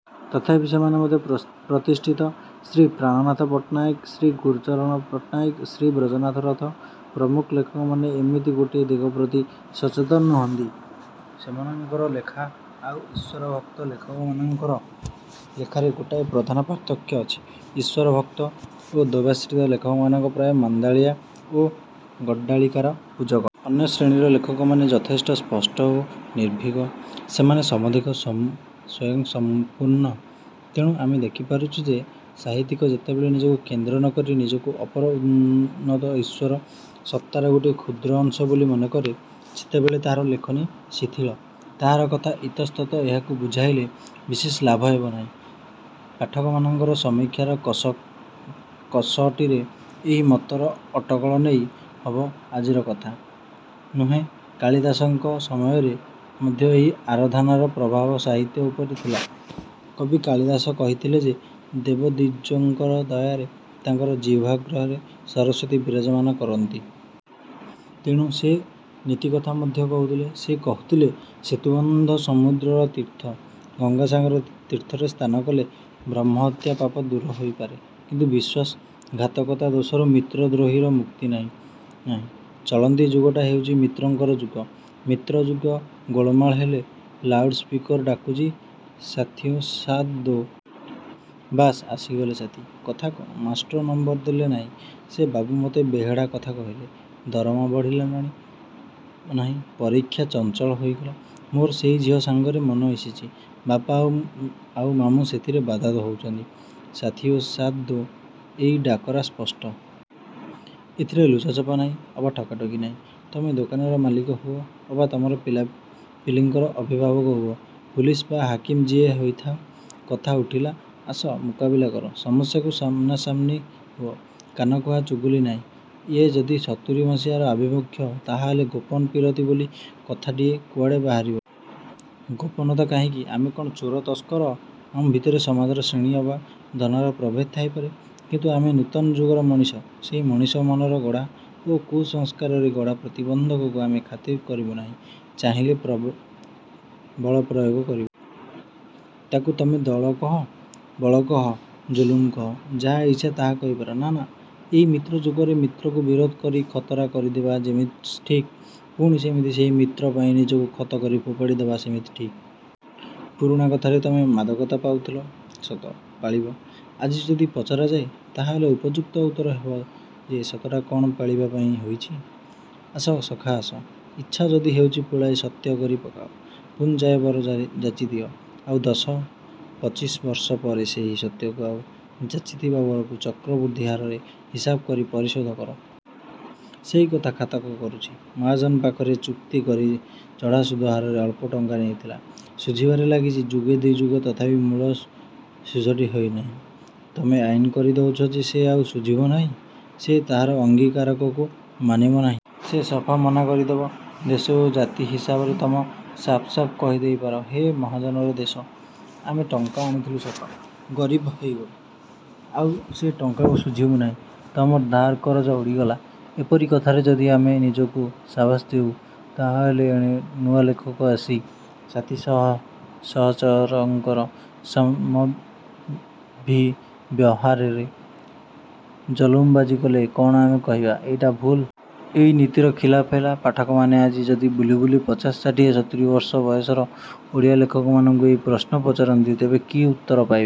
ତଥାପି ସେମାନେ ମଧ୍ୟ ପ୍ରତିଷ୍ଠିତ। ଶ୍ରୀ ପ୍ରାଣନାଥ ପଟ୍ଟନାୟକ, ଶ୍ରୀ ଗୁରୁଚରଣ ପଟ୍ଟନାୟକ, ଶ୍ରୀ ବ୍ରଜନାଥ ରଥ ପ୍ରମୁଖ ଲେଖକମାନେ ଏମିତି ଗୋଟିଏ ଦିଗ ପ୍ରତି ସଚେତନ ନୁହନ୍ତି। ସେମାନଙ୍କର ଲେଖା ଆଉ ଇଶ୍ୱର–ଭକ୍ତ ଲେଖକମାନଙ୍କର ଲେଖାରେ ଗୋଟାଏ ପ୍ରଧାନ ପାର୍ଥକ୍ୟ ଅଛି। ଈଶ୍ୱର ଭକ୍ତ ଓ ଦେବାଶ୍ରିତ ଲେଖକମାନେ ପ୍ରାୟ ମାନ୍ଦାଦଳିଆ ଓ ଗଡ଼୍ଡାଳିକାର ପୂଜକ-। ଅନ୍ୟ ଶ୍ରେଣୀର ଲେଖକମାନେ ଯଥେଷ୍ଟ ସ୍ପଷ୍ଟ ଓ ନିର୍ଭୀକ। ସେମାନେ ସମଧିକ ସ୍ୱୟଂସମ୍ପୂର୍ଣ୍ଣ-। ତେଣୁ ଆମେ ଦେଖିପାରୁଛୁ ଯେ ସାହିତ୍ୟିକ ଯେତେବେଳେ ନିଜକୁ କେନ୍ଦ୍ର ନ କରି ନିଜକୁ ଅପର ଉନ୍ନତ ଈଶ୍ୱର ସତ୍ତାର ଗୋଟିଏ କ୍ଷୁଦ୍ର ଅଂଶ ବୋଲି ମନେ କରେ ସେତେବେଳେ ତାହାର ଲେଖନୀ ଶିଥିଳ। ତାହାର କଥା ଇତସ୍ତତ। ଏହାକୁ ବୁଝାଇଲେ ବିଶେଷ ଲାଭ ହେବ ନାହିଁ। ପାଠକମାନଙ୍କର ସମୀକ୍ଷାର କଷଟିରେ ଏହି ମତର ଅଟକଳ ନେଇ ହବ। ଆଜିର କଥା ନୁହେଁ। କାଳିଦାସଙ୍କ ସମୟରେ ମଧ୍ୟ ଏହି ଆରାଧନାର ପ୍ରଭାବ ସାହିତ୍ୟ ଉପରେ ଥିଲା। କବି କାଳିଦାସ କହିଥିଲେ ଯେ ଦେବଦ୍ୱିଜଙ୍କର ଦୟାରେ ତାଙ୍କର ଜିହ୍ୱାଗ୍ରରେ ସରସ୍ୱତୀ ବିରାଜମାନ କରନ୍ତି। ତେଣୁ ସେ ନୀତିକଥା ମଧ୍ୟ କହୁଥିଲେ। ସେ କହୁଥିଲେ ସେତୁବନ୍ଧ ସମୁଦ୍ରର ତୀର୍ଥ, ଗଙ୍ଗାସାଗର ତୀର୍ଥରେ ସ୍ନାନ କଲେ ବ୍ରହ୍ମହତ୍ୟା ପାପ ଦୂର ହୋଇପାରେ କିନ୍ତୁ ବିଶ୍ୱାସ–ଘାତକତା ଦୋଷରୁ ମିତ୍ର ଦ୍ରୋହୀର ମୁକ୍ତି ନାହିଁ–ନାହିଁ। ଚଳନ୍ତି ଯୁଗଟା ହେଉଛି ମିତ୍ରଙ୍କର ଯୁଗ–ମିତ୍ରଯୁଗ। ଗୋଳମାଳ ହେଲେ ଲାଉଡ଼ ସ୍ପିକର୍ ଡାକୁଛି–ସାଥିଓଁ ସାଥ୍ ଦୋ। ବାସ୍ ଆସିଗଲେ ସାଥୀ। କଥା କ'ଣ? ମାଷ୍ଟ୍ର ନମ୍ବର ଦେଲେ ନାହିଁ–ସେ ବାବୁ ମତେ ବେହେଡ଼ା କଥା କହିଲା–ଦରମା ବଢ଼ିଲା ନାହିଁ–ପରୀକ୍ଷା ଚଞ୍ଚଳ ହୋଇଗଲା ମୋର ସେଇ ଝିଅ ସାଙ୍ଗରେ ମନ ମିଶିଛି। ବାପା ଆଉ ମାମୁଁ ସେଥିରେ ବାଧା ହଉଛନ୍ତି–ସାଥିଓ ସାଥ୍ ଦୋ। ଏଇ ଡାକରା ସ୍ପଷ୍ଟ। ଏଥିରେ ଲୁଚାଛପା ନାହିଁ। ଅବା ଠକାଠକି ନାହିଁ। ତମେ ଦୋକାନର ମାଲିକ ହୁଅ ଅବା ତମର ପିଲାପିଲିଙ୍କର ଅଭିଭାବକ ହୁଅ, ପୁଲିସ ବା ହାକିମ ଯିଏ ହେଇଥାଅ–କଥା ଉଠିଲା। ଆସ ମୁକାବିଲା କର। ସମସ୍ୟାକୁ ସାମନାସାମନି ହୁଅ। କାନକୁହା ଚୁଗୁଲି ନାହିଁ। ଇଏ ଯଦି ସତୁରୀ ମସିହାର ଆଭିମୁଖ୍ୟ, ତାହାହେଲେ ଗୋପନ ପୀରତି ବୋଲି କଥାଟିଏ କୁଆଡ଼େ ବାହାରିବ? ଗୋପନତା କାହିଁକି? ଆମେ କ'ଣ ଚୋର ତସ୍କର? ଆମ ଭିତରେ ସମାଜର ଶ୍ରେଣୀର ଅବା ଧନର ପ୍ରଭେଦ ଥାଇପାରେ। କିନ୍ତୁ ଆମେ ନୂତନ ଯୁଗର ମଣିଷ ସେହି ମଣିଷ ମନର ଗଢ଼ା ଓ କୁସଂସ୍କାରରେ ଗଢ଼ା ପ୍ରତିବନ୍ଧକକୁ ଆମେ ଖାତିରି କରିବୁ ନାହିଁ। ଚାହିଁଲେ ବଳପ୍ରୟୋଗ କରିବୁ। ତା'କୁ ତମେ ଦଳ କହ–ବଳ କହ–ଜୁଲୁମ କହ। ଯାହା ଇଚ୍ଛା ତାହା କହିପାର। ନା–ନା। ଏଇ ମିତ୍ର ଯୁଗରେ ମିତ୍ରକୁ ବିରୋଧ କରି ଖତରା କରିଦେବା ଯେମିତି ଠିକ୍ ପୁଣି ସେମିତି ସେହି ମିତ୍ର ପାଇଁ ନିଜକୁ ଖତ କରି ଫୋପାଡ଼ି ଦବା ସେମିତି ଠିକ୍। ପୁରୁଣା କଥାରେ ତମେ ମାଦକତା ପାଉଥିଲ–ସତ ପାଳିବ। ଆଜି ଯଦି ପଚରାଯାଏ ତାହାହେଲେ ଉପଯୁକ୍ତ ଉତ୍ତର ହେବ ଯେ ସତଟା କ'ଣ ପାଳିବା ପାଇଁ ହୋଇଛି? ଆସ ସଖା ଆସ। ଇଚ୍ଛା ଯଦି ହେଉଛି ପୁଳାଏ ସତ୍ୟ କରି ପକାଅ। ପୁଞ୍ଜାଏ ବର ଯାଚିଦିଅ। ଆଉ ଦଶ ପଚିଶବର୍ଷ ପରେ ସେହି ସତ୍ୟକୁ ଆଉ ଯାଚିଥିବା ବରକୁ ଚକ୍ରବୃଦ୍ଧି ହାରରେ ହିସାବ କରି ପରିଶୋଧ କର। ସେଇକଥା ଖାତକ କରୁଛି। ମହାଜନ ପାଖରେ ଚୁକ୍ତିକରି ଚଢ଼ା ସୁଧ ହାରରେ ଅଳ୍ପ ଟଙ୍କା ନେଇଥିଲା। ଶୁଝିବାରେ ଲାଗିଛି ଯୁଗେ, ଦି'ଯୁଗ–ତଥାପି ମୂଳ ଶୁଝଟ ହେଇ ନାହିଁ। ତମେ ଆଇନ କରି ଦଉଛ ଯେ ସେ ଆଉ ଶୁଝିବ ନାହିଁ। ସେ ତାହାର ଅଙ୍ଗୀକାରକୁ ମାନିବ ନାହିଁ। ସେ ସଫା ମନା କରିଦବ। ଦେଶ ଓ ଜାତି ହିସାବରେ ତମେ ସାଫ୍ ସାଫ୍ କହିଦେଇପାର–ହେ, ମହାଜନର ଦେଶ-। ଆମେ ଟଙ୍କା ଆଣିଥିଲୁ ସତ। ଗରିବ ହେଇଗଲୁ। ଆଉ ସେ ଟଙ୍କାକୁ ଶୁଝିବୁ ନାହିଁ-। ତମର ଧାର କରଜ ଉଡ଼ିଗଲା। ଏହିପରି କଥାରେ ଯଦି ଆମେ ନିଜକୁ ସାବାସ ଦେଉ ତାହାହେଲେ ଏଣେ ନୂଆ ଲେଖକ ଆସି ସାଥୀ ସହଚରଙ୍କର ସମଭିବ୍ୟହାରରେ ଜଲୁମବାଜି କଲେ କ'ଣ ଆମେ କହିବା–ଏଇଟା ଭୁଲ? ଏଇ ନୀତିର ଖିଲାପ ହେଲା? ପାଠକମାନେ ଆଜି ଯଦି ବୁଲି ବୁଲି ପଚାଶ ଷାଠିଏ ସତୁରୀବର୍ଷ ବୟସର ଓଡ଼ିଆ ଲେଖକମାନଙ୍କୁ ଏଇ ପ୍ରଶ୍ନ ପଚାରନ୍ତି ତେବେ କି ଉତ୍ତର ପାଇବେ?